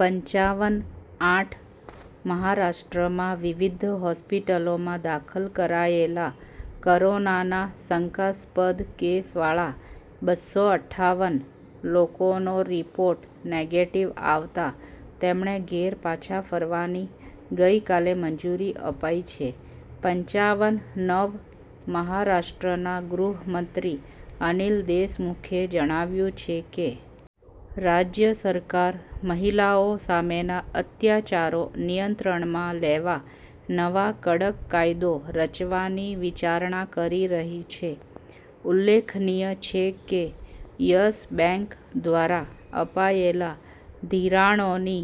પંચાવન આઠ મહારાષ્ટ્રમાં વિવિધ હોસ્પિટલોમાં દાખલ કરાયેલા કોરોનાના શંકાસ્પદ કેસવાળા બસ્સો અઠ્ઠાવન લોકોનો રિપોર્ટ નેગેટિવ આવતા તેમણે ઘેર પાછા ફરવાની ગઈકાલે મંજુરી અપાઈ છે પંચાવન નવ મહારાષ્ટ્રના ગૃહમંત્રી અનિલ દેશમુખે જણાવ્યું છે કે રાજ્ય સરકાર મહિલાઓ સામેના અત્યાચારો નિયંત્રણમાં લેવા નવા કડક કાયદો રચવાની વિચારણા કરી રહી છે ઉલ્લેખનીય છે કે યસ બેન્ક દ્વારા અપાયેલા ધિરાણોની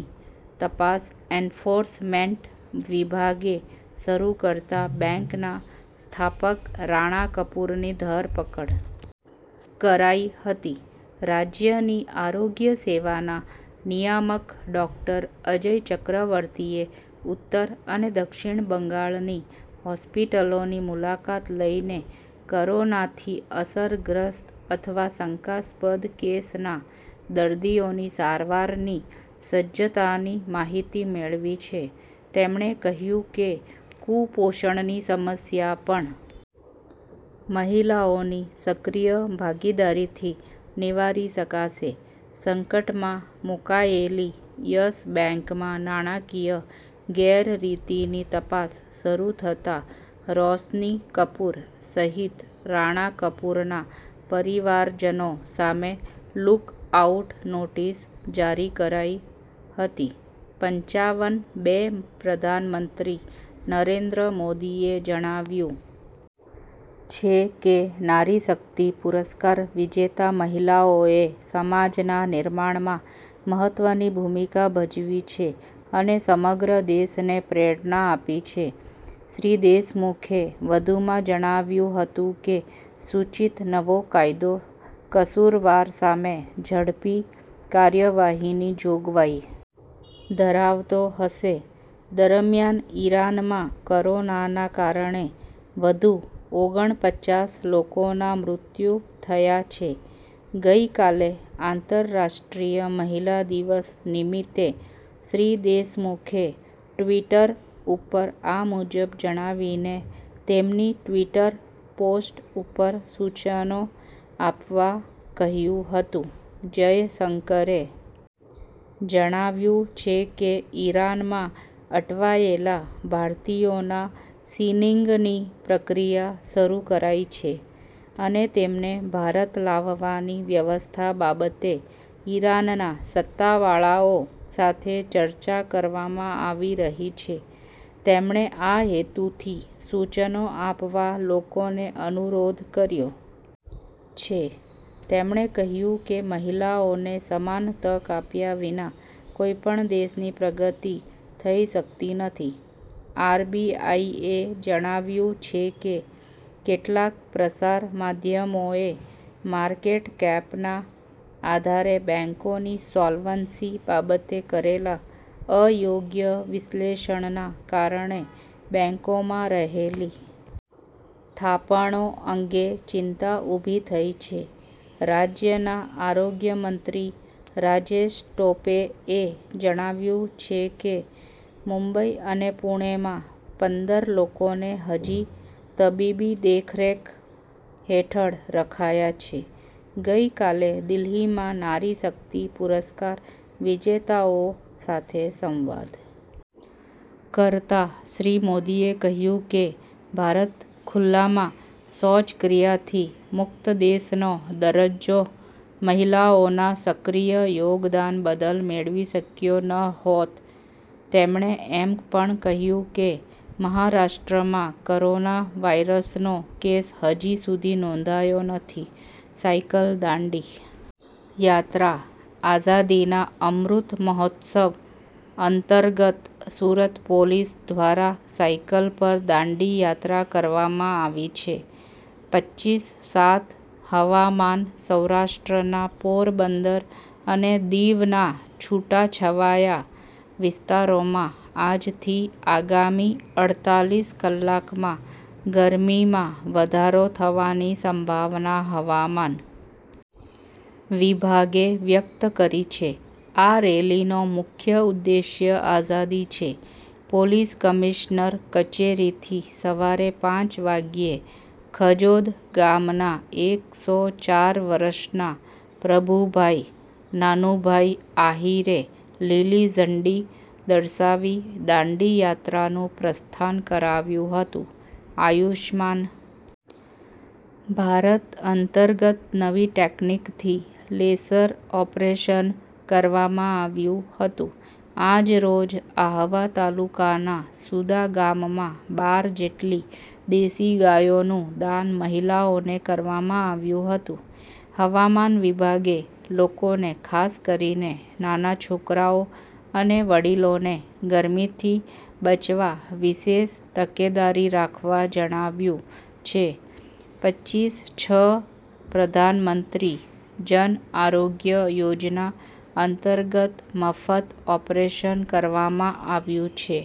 તપાસ એન્ફોર્સમેન્ટ વિભાગે શરૂ કરતાં બેન્કના સ્થાપક રાણા કપૂરની ધરપકડ કરાઈ હતી રાજ્યની આરોગ્ય સેવાના નિયામક ડોક્ટર અજય ચક્રવર્તીએ ઉત્તર અને દક્ષિણ બંગાળની હોસ્પિટલોની મુલાકાત લઈને કોરોનાથી અસરગ્રસ્ત અથવા શંકાસ્પદ કેસના દર્દીઓની સારવારની સજ્જતાની માહિતી મેળવી છે તેમણે કહ્યું કે કુપોષણની સમસ્યા પણ મહિલાઓની સક્રિય ભાગીદારીથી નિવારી શકાશે સંકટમાં મુકાયેલી યસ બેન્કમાં નાણાંકીય ગેરરીતિની તપાસ શરૂ થતાં રોશની કપુર સહિત રાણા કપૂરના પરિવારજનો સામે લૂક આઉટ નોટિસ જારી કરાઈ હતી પંચાવન બે પ્રધાનમંત્રી નરેન્દ્ર મોદીએ જણાવ્યું છે કે નારી શક્તિ પુરસ્કાર વિજેતા મહિલાઓએ સમાજના નિર્માણમાં મહત્વની ભૂમિકા ભજવી છે અને સમગ્ર દેશને પ્રેરણા આપી છે શ્રી દેશમુખે વધુમાં જણાવ્યું હતું કે સૂચિત નવો કાયદો કસૂરવાર સામે ઝડપી કાર્યવાહીની જોગવાઈ ધરાવતો હશે દરમિયાન ઇરાનમાં કોરોનાના કારણે વધુ ઓગણપચાસ લોકોના મૃત્યુ થયા છે ગઈકાલે આંતરરાષ્ટ્રીય મહિલા દિવસ નિમિત્તે શ્રી દેશમુખે ટવીટર ઉપર આ મુજબ જણાવીને તેમની ટવીટર પોસ્ટ ઉપર સૂચનો આપવા કહ્યું હતું જયશંકરે જણાવ્યું છે કે ઇરાનમાં અટવાયેલા ભારતીયોના સિનિંગની પ્રક્રિયા શરૂ કરાઈ છે અને તેમને ભારત લાવવાની વ્યવસ્થા બાબતે ઇરાનના સત્તાવાળાઓ સાથે ચર્ચા કરવામાં આવી રહી છે તેમણે આ હેતુથી સૂચનો આપવા લોકોને અનુરોધ કર્યો છે તેમણે કહ્યું કે મહિલાઓને સમાન તક આપ્યા વિના કોઈપણ દેશની પ્રગતિ થઈ શકતી નથી આરબીઆઈએ જણાવ્યું છે કે કેટલાંક પ્રસાર માધ્યમોએ માર્કેટકેપના આધારે બેન્કોની સોલ્વન્સી બાબતે કરેલા અયોગ્ય વિશ્લેષણના કારણે બેન્કોમાં રહેલી થાપણો અંગે ચિંતા ઊભી થઈ છે રાજ્યના આરોગ્યમંત્રી રાજેશ ટોપે એ જણાવ્યું છે કે મુંબઈ અને પૂણેમાં પંદર લોકોને હજી તબીબી દેખરેખ હેઠળ રખાયા છે ગઈકાલે દિલ્હીમાં નારી શક્તિ પુરસ્કાર વિજેતાઓ સાથે સંવાદ કરતાં શ્રી મોદીએ કહ્યું કે ભારત ખૂલ્લામાં શૌચક્રિયાથી મુક્ત દેશનો દરજ્જો મહિલાઓના સક્રિય યોગદાન બદલ મેળવી શક્યો નહોત તેમણે એમ પણ કહ્યું કે મહારાષ્ટ્રમાં કોરોના વાયરસનો કેસ હજી સુધી નોંધાયો નથી સાયકલ દાંડી યાત્રા આઝાદીના અમૃત મહોત્સવ અંતર્ગત સુરત પોલીસ દ્વારા સાયકલ પર દાંડી યાત્રા કરવામાં આવી છે પચ્ચીસ સાત હવામાન સૌરાષ્ટ્રના પોરબંદર અને દીવના છૂટાછવાયા વિસ્તારોમાં આજથી આગામી અડતાલીસ કલાકમાં ગરમીમાં વધારો થવાની સંભાવના હવામાન વિભાગે વ્યક્ત કરી છે આ રેલીનો મુખ્ય ઉદ્દેશ્ય આઝાદી છે પોલીસ કમિશનર કચેરીથી સવારે પાંચ વાગ્યે ખજોદ ગામના એક સો ચાર વર્ષના પ્રભુભાઈ નાનુભાઈ આહીરે લીલી ઝંડી દર્શાવી દાંડીયાત્રાનું પ્રસ્થાન કરાવ્યું હતું આયુષ્માન ભારત અંતર્ગત નવી ટેકનીકથી લેસર ઓપરેશન કરવામાં આવ્યું હતું આજરોજ આહવા તાલુકાના સુદા ગામમાં બાર જેટલી દેશી ગાયો નું દાન મહિલાઓને કરવામાં આવ્યું હતું હવામાન વિભાગે લોકોને ખાસ કરીને નાના છોકરાઓ અને વડીલોને ગરમીથી બચવા વિશેષ તકેદારી રાખવા જણાવ્યું છે પચ્ચીસ છ પ્રધાનમંત્રી જન આરોગ્ય યોજના અંતર્ગત મફત ઓપરેશન કરવામાં આવ્યું છે।